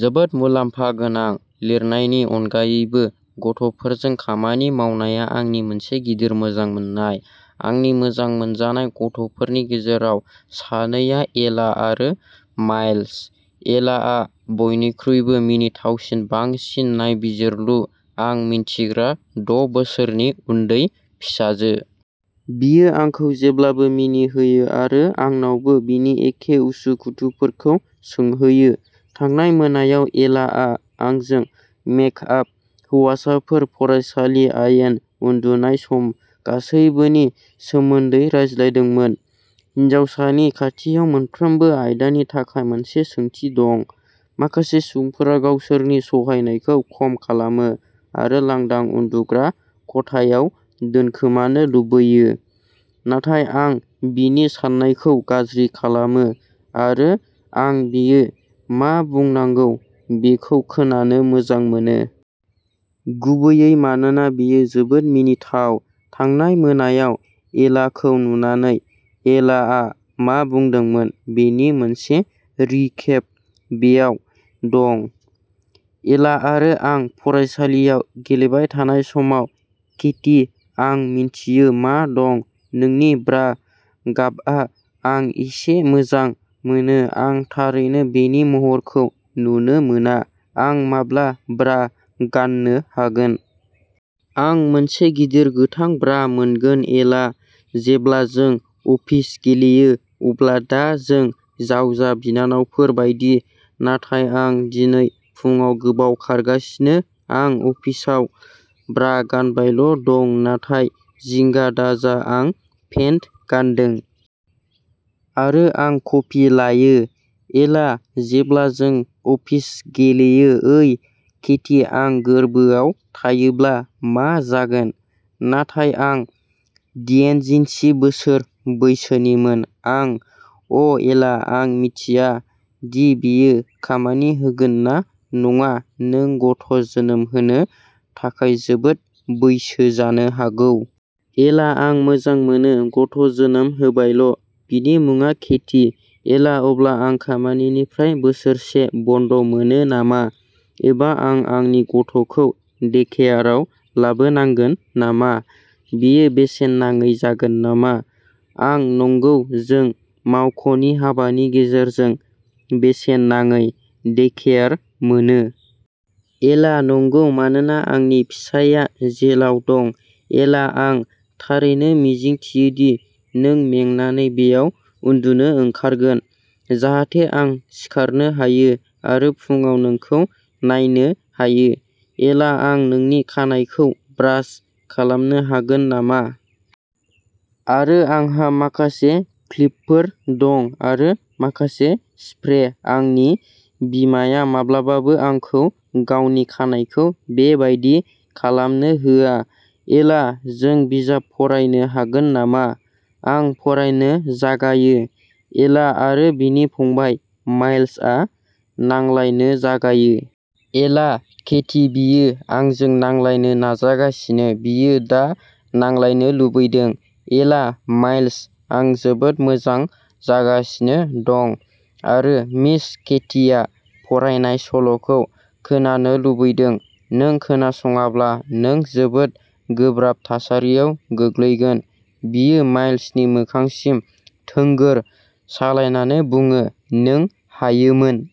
जोबोद मुलाम्फा गोनां। लिरनायनि अनगायैबो, गथ'फोरजों खामानि मावनाया आंनि मोनसे गिदिर मोजां मोन्नाय। आंनि मोजां मोनजानाय गथ'फोरनि गेजेराव सानैआ एला आरो माइल्स। एलाआ बयनिख्रुइबो मिनिथावसिन, बांसिन नायबिजिरलु आं मिन्थिग्रा द' बोसोरनि उन्दै फिसाजो। बियो आंखौ जेब्लाबो मिनिहोयो आरो आंनावबो बिनि एखे उसु खुथुफोरखौ सोंहोयो। थांनाय मोनायाव, एलाआ आंजों मेकआप, हौवासाफोर, फरायसालि, आयेन, उन्दुनाय सम, गासैबोनि सोमोन्दै रायज्लायदोंमोन। हिनजावसानि खाथियाव मोनफ्रोमबो आयदानि थाखाय मोनसे सोंथि दं। माखासे सुबुंफोरा गावसोरनि सहायनायखौ खम खालामो आरो लांदां उन्दुग्रा खथायाव दोनखोमानो लुबैयो, नाथाय आं बिनि साननायखौ गाज्रि खालामो आरो आं बियो मा बुंनांगौ बेखौ खोनानो मोजां मोनो। गुबैयै मानोना, बेयो जोबोद मिनिथाव। थांनाय मोनायाव एलाखौ नुनानै एलाआ मा बुंदोंमोन बेनि मोनसे रिकेप बेयाव दं। एला आरो आं फरायसालियाव गेलेबाय थानाय समाव केटी, आं मिन्थियो मा दं। नोंनि ब्रा गाबआ, आं एसे मोजां मोनो, आं थारैनो बेनि महरखौ नुनो मोना आं माब्ला ब्रा गान्नो हागोन? आं मोनसे गिदिर, गोथां ब्रा मोनगोन। एला, जेब्ला जों अफिस गेलेयो अब्ला दा जों जावजा बिनानावफोर बायदि, नाथाय आं दिनै फुंआव गोबाव खारगासिनो, आं अफिसाव ब्रा गानबायल' दं। नाथाय जिंगा दाजा, आं पेन्ट गानदों। आरो आं कफि लायो। एला, जेब्ला जों अफिस गेलेयो ओइ केटी, आं गोरबोआव थायोब्ला मा जागोन, नाथाय आं डियेनजिस्नि बोसोर बैसोनिमोन आं अ, एला, आं मिथिया दि बेयो खामानि होगोन ना नङा, नों गथ' जोनोम होनो थाखाय जोबोद बैसो जानो हागौ। एला आं मोजां मोनो, गथ' जोनोम होबायल'। बिनि मुङा केटी। एला अब्ला, आं खामानिनिफ्राय बोसोरसे बन्द मोनो नामा? एबा आं आंनि गथ'खौ डेकेयाराव लाबोनांगोन नामा? बेयो बेसेन नाङै जागोन नामा? आं नंगौ, जों मावख'नि हाबानि गेजेरजों बेसेन नाङै डे-केयार मोनो। एला नंगौ, मानोना आंनि फिसायआ जेलाव दं एला आं थारैनो मिजिंथियो दि नों मेंनानै बेयाव उन्दुनो ओंखारगोन जाहाथे आं सिखारनो हायो आरो फुंआव नोंखौ नायनो हायो। एला आं नोंनि खानाइखौ ब्रास खालामनो हागोन नामा? आरो आंहा माखासे क्लिपफोर दं आरो माखासे स्प्रे आंनि बिमाया माब्लाबाबो आंखौ गावनि खानाइखौ बे बायदि खालामनो होआ। एला जों बिजाब फरायनो हागोन नामा? आं फरायनो जागायो। एला आरो बिनि फंबाय, माइल्सआ नांलायनो जागायो। एला केटी, बियो आंजों नांलायनो नाजागासिनो बियो दा नांलायनो लुबैदों। एला माइल्स, आं जोबोद मोजां जागासिनो दं आरो मिस केटीया फरायनाय सल'खौ खोनानो लुबैदों, नों खोनासङाब्ला नों जोबोद गोब्राब थासारियाव गोग्लैगोन बियो माइल्सनि मोखांसिम थोंगोर सालायनानै बुङो नों हायोमोन।